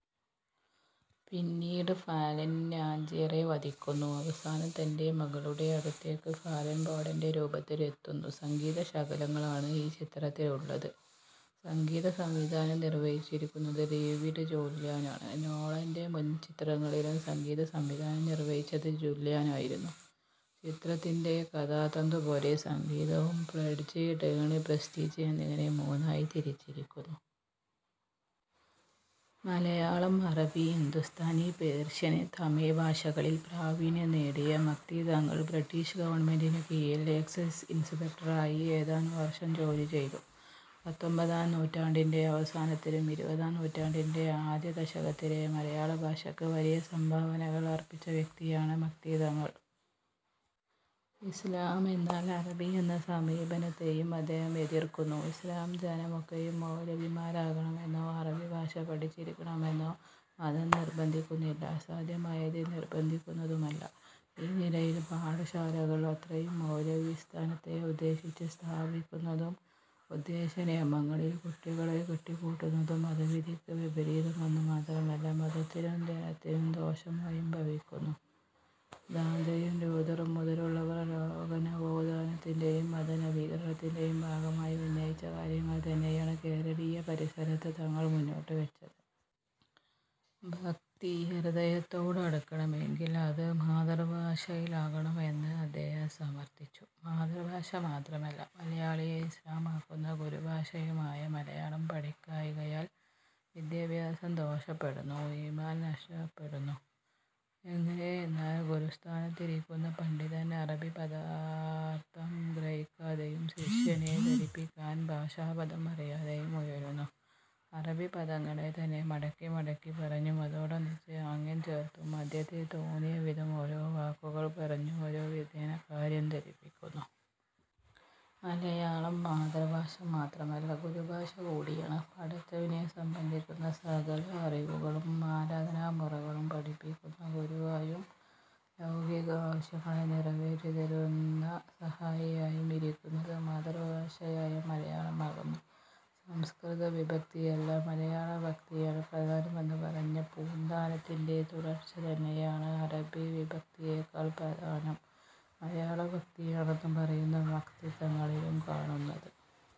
പിന്നീട് ഫാലൻ ആഞ്ജിയറെ വധിക്കുന്നു. അവസാനം തന്റെ മകളുടെ അടുത്തേക്ക് ഫാലൻ ബോഡന്റെ രൂപത്തിൽ എത്തുന്നു. സംഗീത ശകലങ്ങളാണ് ഈ ചിത്രത്തിലുള്ളത്. സംഗീതസംവിധാനം നിർവഹിച്ചിരിക്കുന്നത് ഡേവിഡ് ജൂല്യാനാണ്. നോളന്റെ മുൻചിത്രങ്ങളിലും സംഗീതസംവിധാനം നിർവഹിച്ചത് ജുല്യാനായിരുന്നു. ചിത്രത്തിന്റെ കഥാതന്തു പോലെ സംഗീതവും പ്ലെഡ്ജ്, ടേൺ, പ്രസ്റ്റീജ് എന്നിങ്ങനെ മൂന്നായി തിരിച്ചിരിക്കുന്നു. മലയാളം, അറബി, ഹിന്ദുസ്ഥാനി, പേർഷ്യൻ, തമിഴ് ഭാഷകളിൽ പ്രാവീണ്യം നേടിയ മക്തി തങ്ങൾ ബ്രിട്ടീഷ് ഗവണ്മെൻറിനു കീഴിൽ എക്സൈസ് ഇൻസ്പെക്ടറായി ഏതാനും വർഷം ജോലി ചെയ്തു. പത്തൊമ്പതാം നൂറ്റാണ്ടിൻറെ അവസാനത്തിലും ഇരുപതാം നൂറ്റാണ്ടിൻറെ ആദ്യ ദശകത്തിലെ മലയാള ഭാഷക്ക് വലിയ സംഭാവനകൾ അർപ്പിച്ച വ്യക്തിയാണ് മക്തി തങ്ങൾ. ഇസ്ലാമെന്നാൽ അറബി എന്ന സമീപനത്തെയും അദ്ദേഹം എതിർക്കുന്നു. ഇസ്ലാം ജനമൊക്കെയും മൗലവിമാരാകണമെന്നോ അറബിഭാഷ പഠിച്ചിരിക്കണമെന്നോ മതം നിർബന്ധിക്കുന്നില്ല. അസാധ്യമായതിൽ നിർബന്ധിക്കുന്നതുമല്ല. ഈ നിലയിൽ പാഠശാലകൾ അത്രയും മൗലവിസ്ഥാനത്തെ ഉദ്ദേശിച്ച് സ്ഥാപിക്കുന്നതും ഉദ്ദേശ്യനിയമങ്ങളിൽ കുട്ടികളെ കെട്ടിക്കൂട്ടുന്നതും മതവിധിക്ക് വിപരീതമെന്നുമാത്രമല്ല മതത്തിനും ജനത്തിനും ദോഷമായും ഭവിക്കുന്നു. ദാന്തെയും ലൂഥറും മുതലുള്ളവർ ലോകനവോത്ഥാനത്തിന്റെയും മതനവീകരണത്തിന്റെയും ഭാഗമായി ഉന്നയിച്ച കാര്യങ്ങൾതന്നെയാണ് കേരളീയപരിസരത്ത് തങ്ങൾ മുന്നോട്ടുവെച്ചത്. ഭക്തി, ഹൃദയത്തോടടുക്കണമെങ്കിൽ അത് മാതൃഭാഷയിലാകണം എന്ന് അദ്ദേഹം സമർഥിച്ചു. മാതൃഭാഷ മാത്രമല്ല, മലയാളിയെ ഇസ്ലാമാക്കുന്ന ഗുരുഭാഷയുമായ മലയാളം പഠിക്കായ്കയാൽ വേദാഭ്യാസം ദോഷപ്പെടുന്നു. ഈമാൻ നഷ്ടപ്പെടുന്നു. എങ്ങനെയെന്നാൽ ഗുരുസ്ഥാനത്തിരിക്കുന്ന പണ്ഡിതൻ അറബി പദാർഥം ഗ്രഹിക്കാതെയും ശിഷ്യനെ ധരിപ്പിക്കാൻ ഭാഷാപദം അറിയാതെയും ഉഴലുന്നു. അറബിപദങ്ങളെ തന്നെ മടക്കി മടക്കി പറഞ്ഞും അതോടൊന്നിച്ച് ആംഗ്യംചേർത്തും മധ്യത്തിൽ തോന്നിയവിധം ഓരോ വാക്കുകൾ പറഞ്ഞും ഒരു വിധേന കാര്യം ധരിപ്പിക്കുന്നു. മലയാളം മാതൃഭാഷ മാത്രമല്ല, ഗുരുഭാഷ കൂടിയാണ്. പടച്ചവനെ സംബന്ധിക്കുന്ന സകല അറിവുകളും ആരാധനാമുറകളും പഠിപ്പിക്കുന്ന ഗുരുവായും ലൗകിക ആവശ്യങ്ങളെ നിറവേറ്റിത്തരുന്ന സഹായിയായും ഇരിക്കുന്നത് മാതൃഭാഷയായ മലയാളം ആകുന്നു. സംസ്കൃതവിഭക്തിയല്ല, മലയാളഭക്തിയാണ് പ്രധാനമെന്ന് പറഞ്ഞ പൂന്താനത്തിന്റെ തുടർച്ച തന്നെയാണ് അറബി വിഭക്തിയേക്കാൾ പ്രധാനം മലയാളഭക്തിയാണെന്ന് പറയുന്ന മക്തി തങ്ങളിലും കാണുന്നത്.